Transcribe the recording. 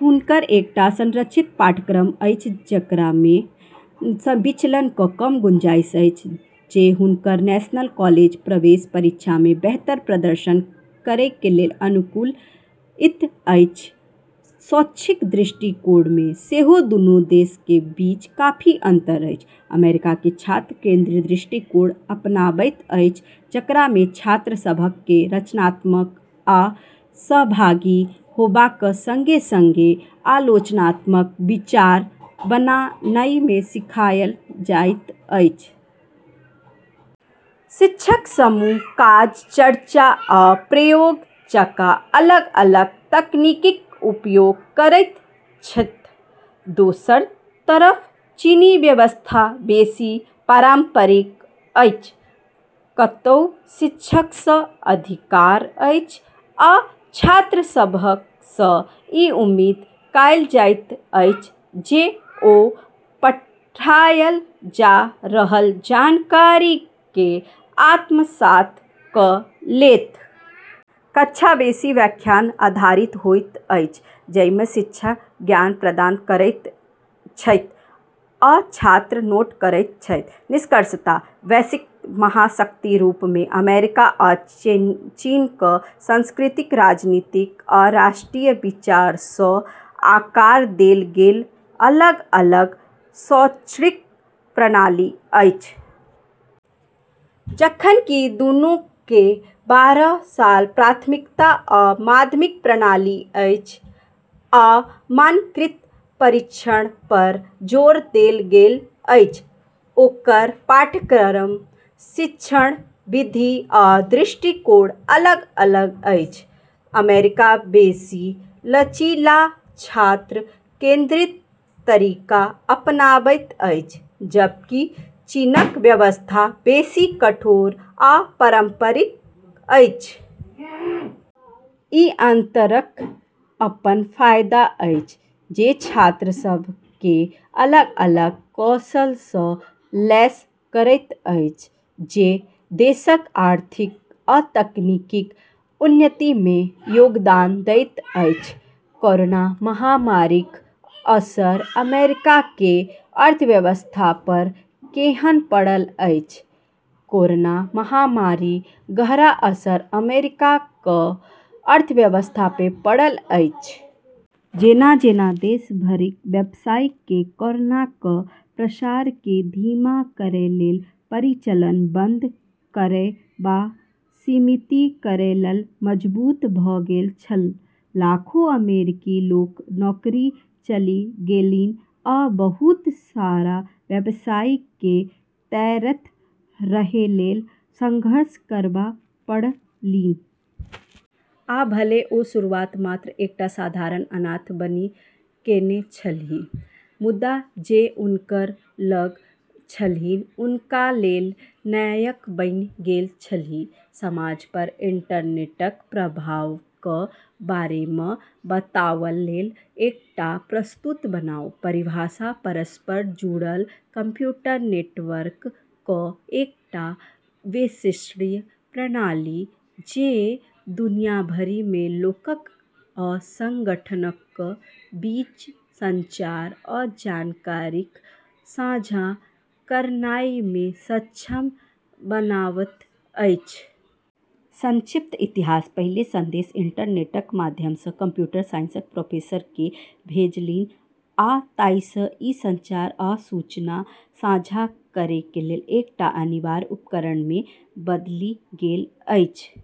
हुनक एकटा संरचित पाठ्यक्रम अछि जेकरामे विचलनक कम गुंजाइश अछि, जे हुनक नेशनल कॉलेज प्रवेश परीक्षामे बेहतर प्रदर्शन करैलेल अनुकूलित अछि। शैक्षिक दृष्टिकोणमे सेहो दूनू देशक बीच काफी अन्तर अछि। अमेरिका छात्र केन्द्रित दृष्टिकोण अपनाबैत अछि, जेकरामे छात्रसभकेँ रचनात्मक आ सहभागी होबाक सँग-सँग आलोचनात्मक विचारक बननाइ सिखाएल जाइत अछि। शिक्षक समूह काज, चर्चा, आ प्रयोग जकाँ अलग-अलग तकनीकक उपयोग करैत छथि। दोसर तरफ चीनी व्यवस्था बेसी पारम्परिक अछि, कतहु शिक्षकसँ अधिकार अछि, आ छात्रसभसँ ई उम्मीद कएल जाइत अछि जे ओ पढ़ायल जा रहल जानकारीकेँ आत्मसात कऽ लेत। कक्षा बेसी व्याख्यान आधारित होइत अछि, जाहिमे शिक्षक ज्ञान प्रदान करैत छथि आ छात्र नोट करैत छथि। निष्कर्षतः, वैश्विक महाशक्तिक रूपमे अमेरिका आ चीनक सांस्कृतिक, राजनीतिक आ आर्थिक विचारसँ आकार देल गेल अलग-अलग शैक्षणिक प्रणाली अछि। जखन कि दूनूकेँ बारह सालक प्राथमिक आ माध्यमिक प्रणाली अछि आ मानकीकृत परीक्षणपर जोर देल गेल अछि, ओकर पाठ्यक्रम, शिक्षण विधि आ दृष्टिकोण अलग-अलग अछि। अमेरिका बेसी लचीला, छात्र केन्द्रित तरीका अपनाबैत अछि, जबकि चीनक व्यवस्था बेसी कठोर आ पारम्परिक अछि। ई अन्तरक अपन फायदा अछि, जे छात्रसभकेँ अलग-अलग कौशलसँ लैस करैत अछि, जे देशक आर्थिक आ तकनीकी उन्नतिमे योगदान दैत अछि। कोरोना महामारीक असर अमेरिकाक अर्थव्यवस्थापर केहन पड़ल अछि? कोरोना महामारीक गहरा असर अमेरिकाक अर्थव्यवस्थापर पड़ल अछि। जेना-जेना देश भरिक व्यवसायीकेँ कोरोनाक प्रसारकेँ धीमा करैलेल परिचालन बन्द करै वा सीमित करैलेल मजबूर भऽ गेल छल, लाखों अमेरिकी लोकक नौकरी चलि गेलनि आ बहुत रास व्यवसायीकेँ तैरैत रहैलेल सङ्घर्ष करब पड़लनि। आ भले ओ शुरुआत मात्र एकटा साधारण अनाथ बनि कएने छलीह, मुदा जे हुनका लग छलनि हुनकालेल नायक बनि गेल छलीह। समाजपर इन्टरनेटक प्रभावक बारेमे बताबैलेल एकटा प्रस्तुति बनाउ। परिभाषा: परस्पर जुड़ल कम्प्यूटर नेटवर्कक एकटा वैश्विक प्रणाली जे दुनिया भरिमे लोकक आ सङ्गठनक बीच संचार आ जानकारीक साझा करेनाइकेँ सक्षम बनाबैत अछि। संक्षिप्त इतिहास: पहिल सन्देश इन्टरनेटक माध्यमसँ कम्प्यूटर साइन्सक प्रोफेसरकेँ भेजलनि, आ तहियासँ ई संचार आ सूचना साझा करैलेल एकटा अनिवार्य उपकरणमे बदलि गेल अछि।